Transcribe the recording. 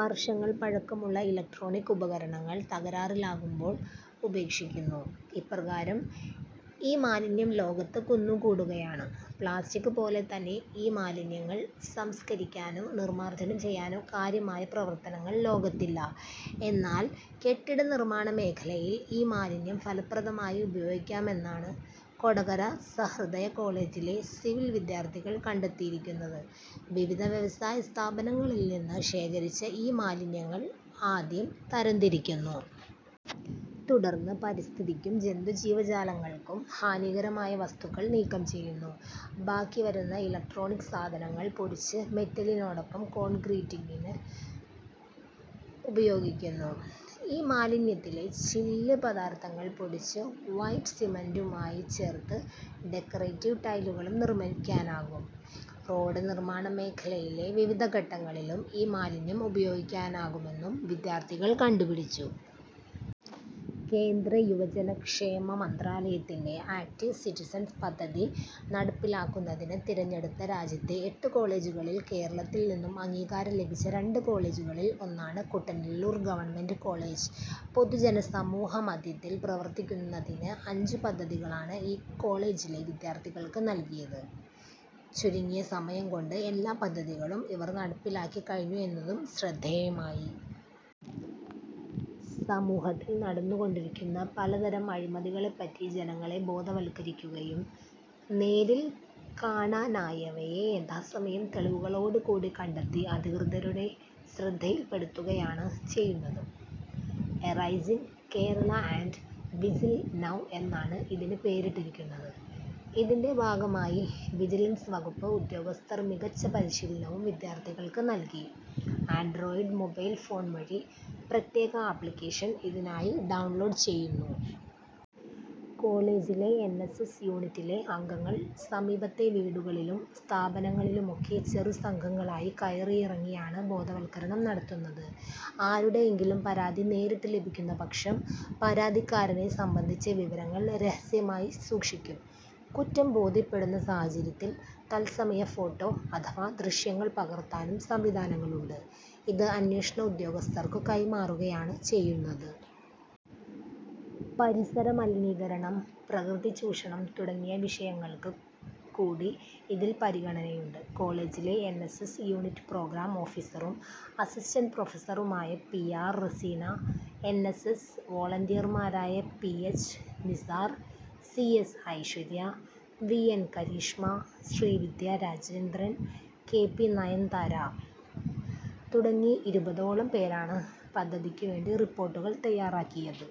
വർഷങ്ങൾ പഴക്കമുള്ള ഇലക്ട്രോണിക് ഉപകരണങ്ങൾ തകരാറിലാകുമ്പോൾ ഉപേക്ഷിക്കുന്നു. ഇപ്രകാരം ഇമാലിന്യം ലോകത്ത് കുന്നുകൂടുകയാണ്. പ്ലാസ്റ്റിക്പോലെത്തന്നെ ഇമാലിന്യങ്ങൾ സംസ്കരിക്കാനോ നിർമാർജനം ചെയ്യാനോ കാര്യമായ പ്രവർത്തനങ്ങൾ ലോകത്തില്ല. എന്നാൽ കെട്ടിടനിർമാണമേഖലയിൽ ഇമാലിന്യം ഫലപ്രദമായി ഉപയോഗിക്കാമെന്നാണ് കൊടകര സഹൃദയ കോളേജിലെ സിവിൽ വിദ്യാർഥികൾ കണ്ടെത്തിയിരിക്കുന്നത്. വിവിധ വ്യവസായ സ്ഥാപനങ്ങളിൽനിന്ന് ശേഖരിച്ച ഇമാലിന്യങ്ങൾ ആദ്യം തരംതിരിക്കുന്നു. തുടർന്ന് പരിസ്ഥിതിക്കും ജന്തുജീവജാലങ്ങൾക്കും ഹാനികരമായ വസ്തുക്കൾ നീക്കം ചെയ്യുന്നു. ബാക്കി വരുന്ന ഇലക്ട്രോണിക് സാധനങ്ങൾ പൊടിച്ച് മെറ്റലിനോടൊപ്പം കോൺക്രീറ്റിങ്ങിന് ഉപയോഗിക്കുന്നു. ഇമാലിന്യത്തിലെ ചില്ല് പദാർത്ഥങ്ങൾ പൊടിച്ച് വൈറ്റ് സിമന്റുമായി ചേർത്ത് ഡെക്കറേറ്റീവ് ടൈലുകളും നിർമിക്കാനാകും. റോഡ് നിർമാണ മേഖലയിലെ വിവിധ ഘട്ടങ്ങളിലും ഇമാലിന്യം ഉപയോഗിക്കാനാകുമെന്നും വിദ്യാർഥികൾ കണ്ടുപിടിച്ചു. കേന്ദ്ര യുവജനക്ഷേമ മന്ത്രാലയത്തിന്റെ ആക്ടീവ് സിറ്റിസൺ പദ്ധതി നടപ്പിലാക്കുന്നതിന് തിരഞ്ഞെടുത്ത രാജ്യത്തെ എട്ടു കോളേജുകളിൽ കേരളത്തിൽനിന്നും അംഗീകാരം ലഭിച്ച രണ്ട് കോളേജുകളിൽ ഒന്നാണ് കുട്ടനെല്ലൂർ ഗവ. കോളേജ്. പൊതുജന സമൂഹമധ്യത്തിൽ പ്രവർത്തിക്കുന്നതിന് അഞ്ചു പദ്ധതികളാണ് ഈ കോളേജിലെ വിദ്യാർഥികൾക്ക് നൽകിയത്. ചുരുങ്ങിയ സമയംകൊണ്ട് എല്ലാ പദ്ധതികളും ഇവർ നടപ്പിലാക്കിക്കഴിഞ്ഞു എ ന്നതും ശ്രദ്ധേയമായി. സമൂഹത്തിൽ നടന്നുകൊണ്ടിരിക്കുന്ന പലതരം അഴിമതികളെപ്പറ്റി ജനങ്ങളെ ബോധവത്കരിക്കുകയും നേരിൽ കാണാനായവയെ യഥാസമയം തെളിവുകളോടുകൂടി കണ്ടെത്തി അധികൃതരുടെ ശ്രദ്ധിയിൽപ്പെടുത്തുകയാണ് ചെയ്യുന്നത്. Arising Kerala and whistle now എന്നാണ് ഇതിന് പേരിട്ടിരിക്കുന്നത്. ഇതിന്റെ ഭാഗമായി വിജിലൻസ് വകുപ്പ് ഉദ്യോഗസ്ഥർ മികച്ച പരിശീലനവും വിദ്യാർഥികൾക്ക് നൽകി. ആൻഡ്രോയിഡ് മൊബൈൽ ഫോൺ വഴി പ്രത്യേക ആപ്ളിക്കേഷൻ ഇതിനായി ഡൗൺലോഡ് ചെയ്യുന്നു. കോളേജിലെ എൻ. എസ്. എസ്. യൂണിറ്റിലെ അംഗങ്ങൾ സമീപത്തെ വീടുകളിലും സ്ഥാപനങ്ങളിലുമൊക്കെ ചെറുസംഘങ്ങളായി കയറിയിറങ്ങിയാണ് ബോധവത്കരണം നടത്തുന്നത്. ആരുടെയെങ്കിലും പരാതി നേരിട്ട് ലഭിക്കുന്നപക്ഷം പരാതിക്കാരനെ സംബന്ധിച്ച വിവരങ്ങൾ രഹസ്യമായി സൂക്ഷിക്കും. കുറ്റം ബോധ്യപ്പെടുന്ന സാഹചര്യത്തിൽ തത്സമയ ഫോട്ടോ അഥവാ ദൃശ്യങ്ങൾ പകർത്താനും സംവിധാനങ്ങളുണ്ട്. ഇത് അന്വേഷണ ഉദ്യോഗസ്ഥർക്കു കൈമാറുകയാണ് ചെയ്യുന്നത്. പരിസരമലിനീകരണം, പ്രകൃതിചൂഷണം തുടങ്ങിയ വിഷയങ്ങൾക്ക് കൂടി ഇതിൽ പരിഗണനയുണ്ട്. കോളേജിലെ N. S. S. Unit programme ഓഫീസറും അസി. പ്രൊഫസറുമായ P. R. Razeena, N. S. S. വൊളന്റിയർമാരായ P. H. Nisar, C. S. Aishwarya, V. N. Karishma, Sreevidya Rajendran, K. P. Nayanthara തുടങ്ങി ഇരുപതോളം പേരാണ് പദ്ധതിക്കുവേണ്ടി റിപ്പോർട്ടുകൾ തയ്യാറാക്കിയത്.